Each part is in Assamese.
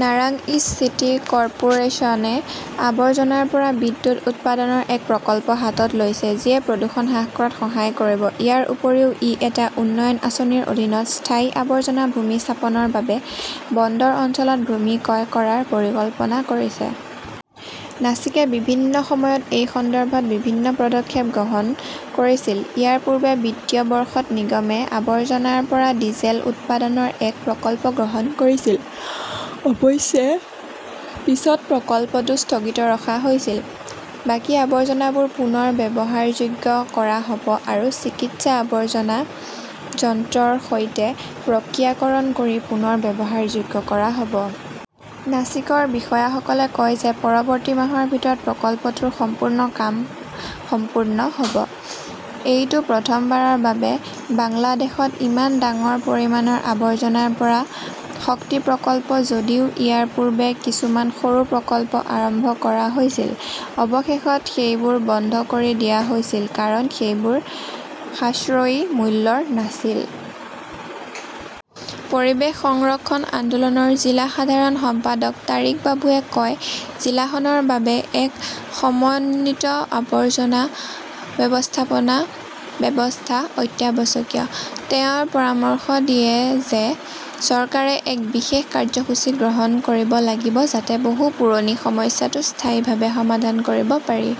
নাৰাংইজ চিটি কৰ্পোৰেচনে আৱৰ্জনাৰ পৰা বিদ্যুৎ উৎপাদনৰ এক প্ৰকল্প হাতত লৈছে, যিয়ে প্ৰদূষণ হ্ৰাস কৰাত সহায় কৰিব। ইয়াৰ উপৰিও ই এটা উন্নয়ন আঁচনিৰ অধীনত স্থায়ী আৱৰ্জনা ভূমি স্থাপনৰ বাবে বন্দৰ অঞ্চলত ভূমি ক্ৰয় কৰাৰ পৰিকল্পনা কৰিছে। নাছিকে বিভিন্ন সময়ত এই সন্দৰ্ভত বিভিন্ন পদক্ষেপ গ্ৰহণ কৰিছিল। ইয়াৰ পূৰ্বে বিত্তীয় বৰ্ষত নিগমে আৱৰ্জনাৰ পৰা ডিজেল উৎপাদনৰ এক প্ৰকল্প গ্ৰহণ কৰিছিল। অৱশ্যে পিছত প্ৰকল্পটো স্থগিত ৰখা হৈছিল। বাকী আৱৰ্জনাবোৰ পুনৰ ব্যৱহাৰযোগ্য কৰা হ 'ব আৰু চিকিৎসা আৱৰ্জনা যন্ত্ৰৰ সৈতে প্ৰক্ৰিয়াকৰণ কৰি পুনৰ ব্যৱহাৰযোগ্য কৰা হ' ব। নাছিকৰ বিষয়াসকলে কয় যে পৰৱৰ্তী মাহৰ ভিতৰত প্ৰকল্পটোৰ সম্পূৰ্ণ কাম সম্পূৰ্ণ হ'ব ।এইটো প্ৰথমবাৰৰ বাবে বাংলাদেশত ইমান ডাঙৰ পৰিমাণৰ আৱৰ্জনাৰ পৰা শক্তি প্ৰকল্প যদিও ইয়াৰ পূৰ্বে কিছুমান সৰু প্ৰকল্প আৰম্ভ কৰা হৈছিল, অৱশেষত সেইবোৰ বন্ধ কৰি দিয়া হৈছিল কাৰণ সেইবোৰ সাশ্ৰয়ী মূল্যৰ নাছিল। পৰিৱেশ সংৰক্ষণ আন্দোলনৰ জিলা সাধাৰণ সম্পাদক তাৰিক বাবুৱে কয় জিলাখনৰ বাবে এক সমন্বিত আৱৰ্জনা ব্যৱস্থাপনা ব্যৱস্থা অত্যাৱশ্যকীয়। তেওঁ পৰামৰ্শ দিয়ে যে চৰকাৰে এক বিশেষ কাৰ্যসূচী গ্ৰহণ কৰিব লাগিব যাতে বহু পুৰণি সমস্যাটো স্থায়ীভাৱে সমাধান কৰিব পাৰি।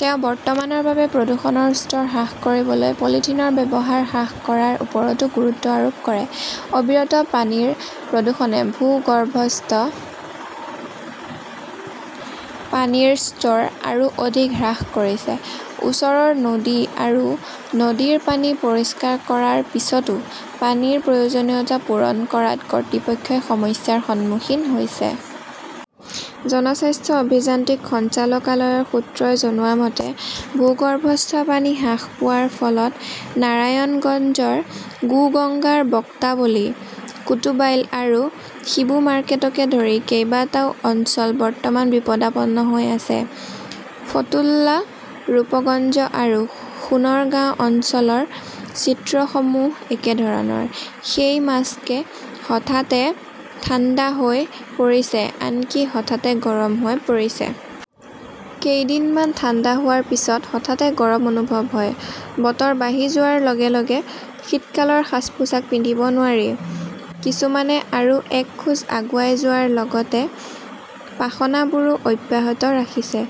তেওঁ বৰ্তমানৰ বাবে প্ৰদূষণৰ স্তৰ হ্ৰাস কৰিবলৈ পলিথিনৰ ব্যৱহাৰ হ্ৰাস কৰাৰ ওপৰতো গুৰুত্ব আৰোপ কৰে। অবিৰত পানীৰ প্ৰদূষণে ভূগৰ্ভস্থ, পানীৰ স্তৰ আৰু অধিক হ্ৰাস কৰিছে। ওচৰৰ নদী আৰু নদীৰ পানী পৰিষ্কাৰ কৰাৰ পিছতো পানীৰ প্ৰয়োজনীয়তা পূৰণ কৰাত কৰ্তৃপক্ষই সমস্যাৰ সন্মুখীন হৈছে। জনস্বাস্থ্য অভিযান্ত্ৰিক সঞ্চালকালয়ৰ সূত্ৰই জনোৱা মতে, ভূগৰ্ভস্থ পানী হ্ৰাস পোৱাৰ ফলত নাৰায়ণগঞ্জৰ গোগঙ্গাৰ, বক্তাবলী, কুতুবাইল আৰু শিৱুমাৰ্কেটকে ধৰি কেইবাটাও অঞ্চল বৰ্তমান বিপদাপন্ন হৈ আছে। ফতুল্লা, ৰূপগঞ্জ আৰু সোণৰগাঁও অঞ্চলৰ চিত্ৰসমূহ একেধৰণৰ। সেই মাস্কে হঠাতে ঠাণ্ডা হৈ পৰিছে আনকি হঠাতে গৰম হৈ পৰিছে। কেইদিনমান ঠাণ্ডা হোৱাৰ পিছত হঠাতে গৰম অনুভৱ হয়। বতৰ বাঢ়ি যোৱাৰ লগে -লগে শীতকালৰ সাজ-পোছাক পিন্ধিব নোৱাৰি। কিছুমানে আৰু এক খোজ আগুৱাই যোৱাৰ লগতে পাখনাবোৰো অব্যাহত ৰাখিছে।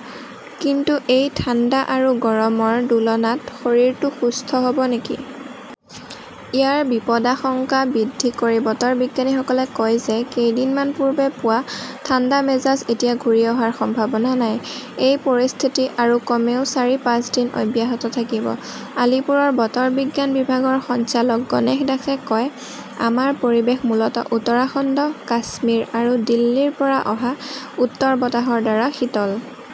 কিন্তু এই ঠাণ্ডা আৰু গৰমৰ দোলনাত শৰীৰটো সুস্থ হ'ব নেকি? ইয়াৰ বিপদাশংকা বৃদ্ধি কৰি বতৰ বিজ্ঞানীসকলে কয় যে কেইদিনমান পূৰ্বে পোৱা ঠাণ্ডা মেজাজ এতিয়া ঘূৰি অহাৰ সম্ভাৱনা নাই। এই পৰিস্থিতি আৰু কমেও চাৰি-পাঁচ দিন অব্যাহত থাকিব। আলিপুৰৰ বতৰ বিজ্ঞান বিভাগৰ সঞ্চালক গণেশ দাসে কয়, আমাৰ পৰিৱেশ মূলত উত্তৰাখণ্ড, কাশ্মীৰ আৰু দিল্লীৰ পৰা অহা উত্তৰ বতাহৰ দ্বাৰা শীতল।